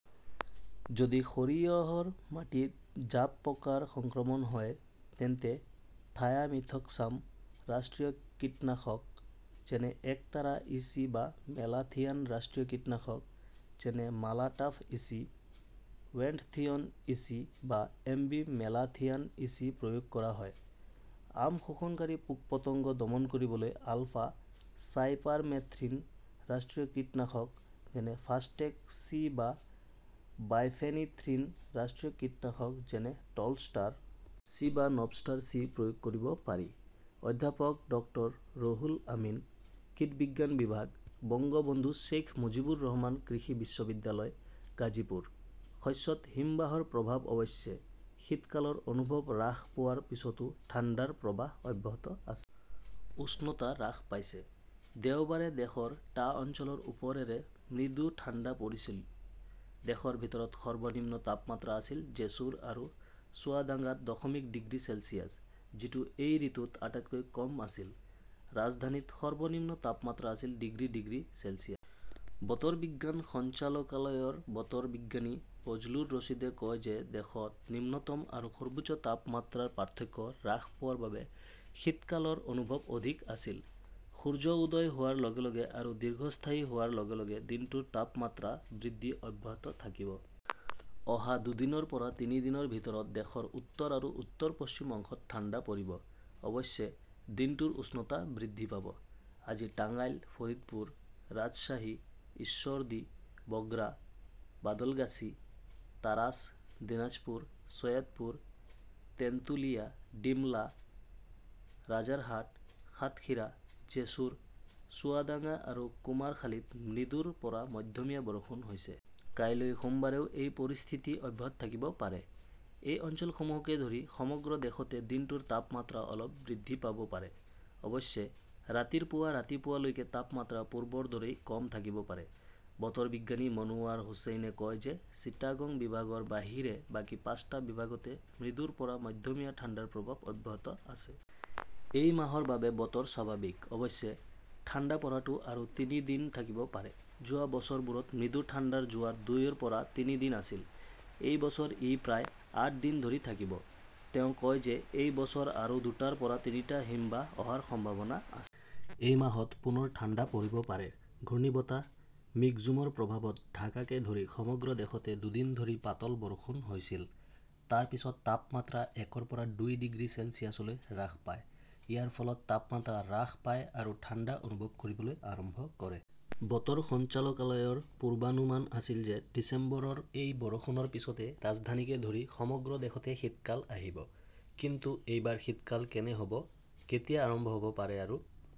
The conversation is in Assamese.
যদি সৰিয়হৰ মাটিত জাবপকাৰ সংক্ৰমণ হয়, তেন্তে থায়ামিথক্সাম ৰাষ্ট্ৰীয় কীটনাশক, যেনে একতাৰা ইচি বা মেলাথিয়ন ৰাষ্ট্ৰীয় কীটনাশক, যেনে মালাটাফ ইচি, ৱেণ্টথিয়ন ইচি বা এমবি মেলাথিয়ন ইচি প্ৰয়োগ কৰা হয়। আম শোষণকাৰী পোক-পতংগ দমন কৰিবলৈ আলফা চাইপাৰমেথ্ৰিন ৰাষ্ট্ৰীয় কীটনাশক, যেনে-ফাষ্টেক চি বা বাইফেনিথ্ৰিন ৰাষ্ট্ৰীয় কীটনাশক, যেনে-টলষ্টাৰ. চি বা নভষ্টাৰ চি প্ৰয়োগ কৰিব পাৰি। অধ্যাপক ড ো. ৰুহুল আমিনঃ কীটবিজ্ঞান বিভাগ, বঙ্গবন্ধু শ্বেইখ মুজিবুৰ ৰহমান কৃষি বিশ্ববিদ্যালয়, গাজীপুৰ। শস্যত হিমবাহৰ প্ৰভাৱ অৱশ্যে, শীতকালৰ অনুভৱ হ্ৰাস পোৱাৰ পিছতো ঠাণ্ডাৰ প্ৰৱাহ অব্যাহত আছে। উষ্ণতা হ্ৰাস পাইছে। দেওবাৰে দেশৰ টা অঞ্চলৰ ওপৰেৰে মৃদু ঠাণ্ডা পৰিছিল। দেশৰ ভিতৰত সৰ্বনিম্ন তাপমাত্ৰা আছিল জেছুৰ আৰু চুৱাদাঙ্গাত দশমিক ডিগ্ৰী চেলছিয়াছ, যিটো এই ঋতুত আটাইতকৈ কম আছিল। ৰাজধানীত সৰ্বনিম্ন তাপমাত্ৰা আছিল ডিগ্ৰী ডিগ্ৰী চেলছিয়াছ। বতৰ বিজ্ঞান সঞ্চালকালয়ৰ বতৰ বিজ্ঞানী বজলুৰ ৰছিদে কয় যে দেশত নিম্নতম আৰু সৰ্বোচ্চ তাপমাত্ৰাৰ পাৰ্থক্য হ্ৰাস পোৱাৰ বাবে শীতকালৰ অনুভৱ অধিক আছিল। সূৰ্য উদয় হোৱাৰ লগে লগে আৰু দীৰ্ঘস্থায়ী হোৱাৰ লগে লগে দিনটোৰ তাপমাত্ৰা বৃদ্ধি অব্যাহত থাকিব। অহা দুদিনৰ পৰা তিনি দিনৰ ভিতৰত দেশৰ উত্তৰ আৰু উত্তৰ-পশ্চিম অংশত ঠাণ্ডা পৰিব। অৱশ্যে, দিনটোৰ উষ্ণতা বৃদ্ধি পাব। আজি টাঙ্গাইল, ফৰিদপুৰ, ৰাজশ্বাহী, ঈশ্বৰদী, বগ্ৰা, বাদলগাছী, তাৰাছ, দিনাজপুৰ, চৈয়াদপুৰ, তেন্তুলিয়া, ডিমলা, ৰাজাৰহাট, সাতখিৰা, জেছুৰ, চুৱাদাঙ্গা আৰু কুমাৰখালীত মৃদুৰ পৰা মধ্যমীয়া বৰষুণ হৈছে। কাইলৈ সোমবাৰেও এই পৰিস্থিতি অব্যাহত থাকিব পাৰে। এই অঞ্চলসমূহকে ধৰি সমগ্ৰ দেশতে দিনটোৰ তাপমাত্ৰা অলপ বৃদ্ধি পাব পাৰে। অৱশ্যে, ৰাতিৰ পৰা ৰাতিপুৱা লৈকে তাপমাত্ৰা পূৰ্বৰ দৰেই কম থাকিব পাৰে। বতৰ বিজ্ঞানী মনোৱাৰ হুচেইনে কয় যে চিটাগং বিভাগৰ বাহিৰে বাকী পাঁচটা বিভাগতে মৃদুৰ পৰা মধ্যমীয়া ঠাণ্ডাৰ প্ৰৱাহ অব্যাহত আছে। এই মাহৰ বাবে বতৰ স্বাভাৱিক। অৱশ্যে, ঠাণ্ডা পৰাটো আৰু তিনি দিন থাকিব পাৰে। যোৱা বছৰবোৰত মৃদু ঠাণ্ডাৰ জোৱাৰ দুইৰ পৰা তিনি দিন আছিল। এই বছৰ ই প্ৰায় আঠ দিন ধৰি থাকিব। তেওঁ কয় যে এই বছৰ আৰু দুটাৰ পৰা তিনিটা হিমবাহ অহাৰ সম্ভাৱনা আছে। এই মাহত পুনৰ ঠাণ্ডা পৰিব পাৰে ঘূৰ্ণীবতাহ মিগজুমৰ প্ৰভাৱত ঢাকাকে ধৰি সমগ্ৰ দেশতে দুদিন ধৰি পাতল বৰষুণ হৈছিল। তাৰ পিছত তাপমাত্ৰা একৰ পৰা দুই ডিগ্ৰী চেলছিয়াছলৈ হ্ৰাস পায়। ইয়াৰ ফলত তাপমাত্ৰা হ্ৰাস পায় আৰু ঠাণ্ডা অনুভৱ কৰিবলৈ আৰম্ভ কৰে। বতৰ সঞ্চালকালয়ৰ পূৰ্বানুমান আছিল যে ডিচেম্বৰৰ এই বৰষুণৰ পিছতে ৰাজধানীকে ধৰি সমগ্ৰ দেশতে শীতকাল আহিব। কিন্তু এইবাৰ শীতকাল কেনে হ "ব, কেতিয়া আৰম্ভ হ" ব পাৰে আৰু